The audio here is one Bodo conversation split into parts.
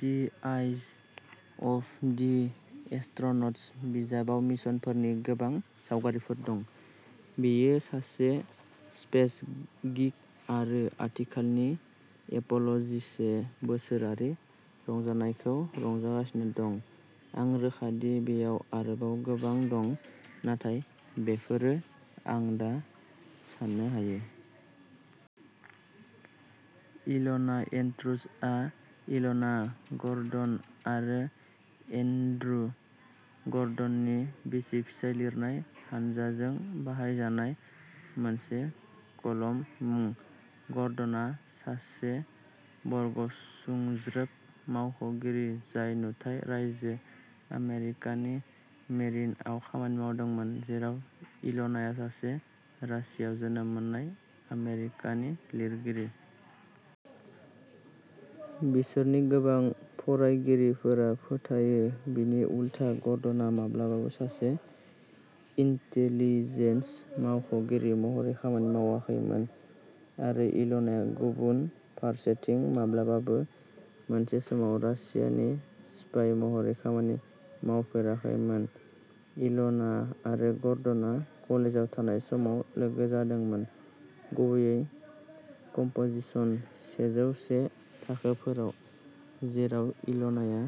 The eyes of the astronauts बिजाबाव मिशनफोरनि गोबां सावगारिफोर दं। बियो सासे स्पेस गीक आरो आथिखालनि एप'ल' जिसे बोसोरारि रंजानायखौ रंजागासिनो दं। आं रोखा दि बेयाव आरोबाव गोबां दं, नाथाय बेफोरो आं दा साननो हायो। इल'ना एन्ड्रुजआ इल'ना गर्डन आरो एन्ड्रु गर्डननि बिसि-फिसाय लिरनाय हानजाजों बाहायजानाय मोनसे कलम मुं। गर्डनआ सासे बारग'सुंज्रोब मावख'गिरि जाय नुथाइ रायजो आमेरिकानि मेरिनआव खामानि मावदोंमोन, जेराव इल'नाया सासे रासियाव जोनोम मोननाय, आमेरिकानि लिरगिरि। बिसोरनि गोबां फरायगिरिफोरा फोथायो बिनि उलथा, गर्डनआ माब्लाबाबो सासे इन्टेलिजेन्स मावख'गिरि महरै खामानि मावाखैमोन आरो इल'नाया, गुबुन फारसेथिं, माब्लाबाबो मोनसे समाव रासियानि स्पाइ महरै खामानि मावफेराखैमोन। इल'ना आरो गर्डनआ कलेजाव थानाय समाव लोगो जादोंमोन, गुबैयै कम्प'जिशन सेजौ से थाखोफोराव, जेराव इल'नाया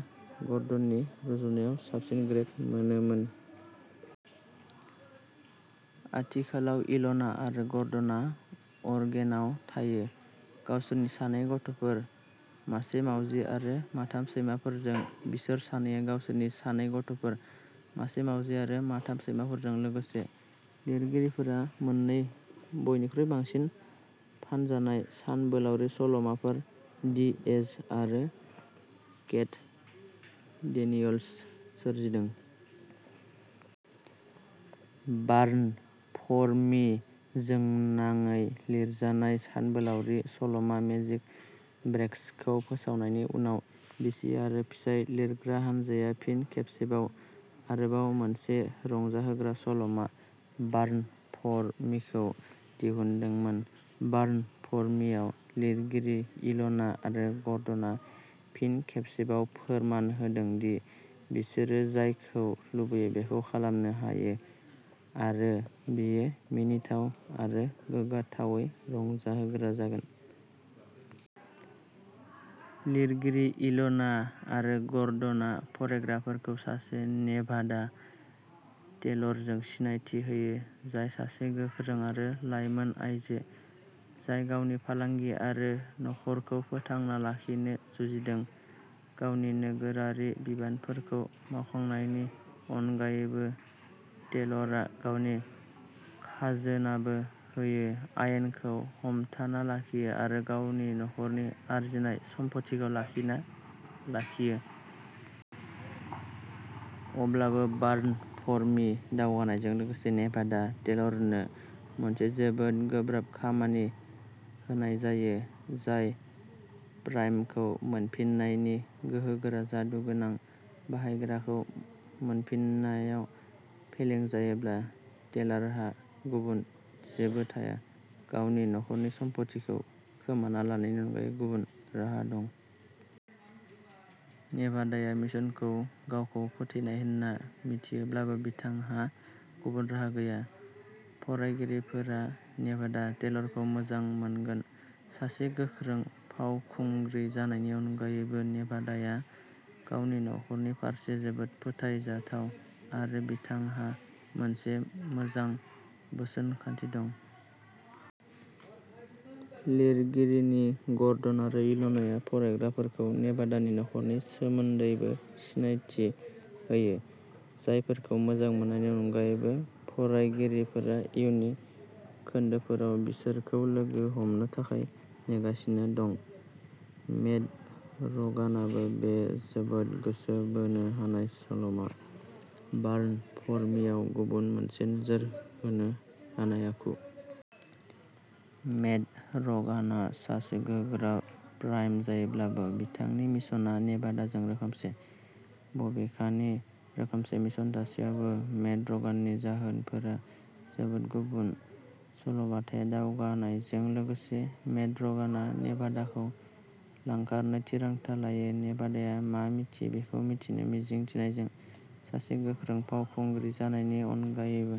गर्डननि रुजुनायाव साबसिन ग्रेड मोनोमोन। आथिखालाव, इल'ना आरो गर्डनआ अरेगनआव थायो, गावसोरनि सानै गथ'फोर, मासे मावजि आरो माथाम सैमाफोरजों बिसोर सानैया गावसोरनि सानै गथ'फोर, मासे मावजि आरो माथाम सैमाफोरजों लोगोसे। लिरगिरिफोरा मोननै बयनिख्रुइ बांसिन फानजानाय सानबोलावरि सल'माफोर, दि एज आरो केट डेनियल्स सोरजिदों। बार्न फर मि जोंनाङै लिरजानाय सानबोलावरि सल'मा, मेजिक ब्रेक्सखौ फोसावनायनि उनाव, बिसि आरो फिसाय लिरग्रा हानजाया फिन खेबसेबाव आरोबाव मोनसे रंजाहोग्रा सल'मा, बार्न फर मिखौ दिहुनदोंमोन। बार्न फर मिआव, लिरगिरि इल'ना आरो गर्डना फिन खेबसेबाव फोरमान होदों दि बिसोरो जायखौ लुबैयो बेखौ खालामनो हायो, आरो बेयो मिनिथाव आरो गोग्गाथावै रंजाहोग्रा जागोन। लिरगिरि इल'ना आरो गर्डना फरायग्राफोरखौ सासे नेभाडा टेलरजों सिनायथि होयो, जाय सासे गोख्रों आरो लाइमोन आइजो, जाय गावनि फालांगि आरो नखरखौ फोथांना लाखिनो जुजिदों। गावनि नोगोरारि बिबानफोरखौ मावखांनायनि अनगायैबो, टेलरा गावनि खाजोनाबो होयो, आयेनखौ हमथाना लाखियो आरो गावनि नखरनि आरजिनाय सम्फथिखौ लाखिना लाखियो। अब्लाबो, बार्न फर मि दावगानायजों लोगोसे, नेभाडा टेलरनो मोनसे जोबोद गोब्राब खामानि होनाय जायो, जाय प्राइमखौ मोनफिन्नायनि। गोहोगोरा जादुगोनां बाहायग्राखौ मोनफिन्नायाव फेलें जायोब्ला, टेलारहा गुबुन जेबो थाया। गावनि नखरनि सम्फथिखौ खोमाना लानायनि अनगायै गुबुन राहा दं। नेभादाया मिशनखौ गावखौ फोथैनाय होन्ना मिथियोब्लाबो, बिथांहा गुबुन राहा गैया। फरायगिरिफोरा नेभादा टेलरखौ मोजां मोनगोन। सासे गोख्रों फावखुंग्रि जानायनि अनगायैबो, नेभादाया गावनि नखरनि फारसे जोबोद फोथायजाथाव आरो बिथांहा मोनसे मोजां बोसोन खान्थि दं। लिरगिरिनि ग'र्डन आरो इल'नाया फरायग्राफोरखौ नेभादानि नखरनि सोमोन्दैबो सिनायथि होयो, जायफोरखौ मोजां मोननायनि अनगायैबो, फरायगिरिफोरा इयुननि खोन्दोफोराव बिसोरखौ लोगो हमनो थाखाय नेगासिनो दं। मेड र'गानाबो बे जोबोद गोसो बोनो हानाय सल'मा, बार्न फर मिआव गुबुन मोनसे नोजोर होनो हानाय आखु। मेड र'गानआ सासे गोहोगोरा प्राइम जायोब्लाबो, बिथांनि मिशनआ नेभादाजों रोखोमसे। बबेखानि, रोखोमसे मिशन थासेयावबो, मेड र'गाननि जाहोनफोरा जोबोद गुबुन। सल'बाथाया दावगानायजों लोगोसे, मेड र'गानआ नेभादाखौ लांखारनो थिरांथा लायो, नेभादाया मा मिथियो बेखौ मिथिनो मिजिं थिनायजों। सासे गोख्रों फावखुंग्रि जानायनि अनगायैबो।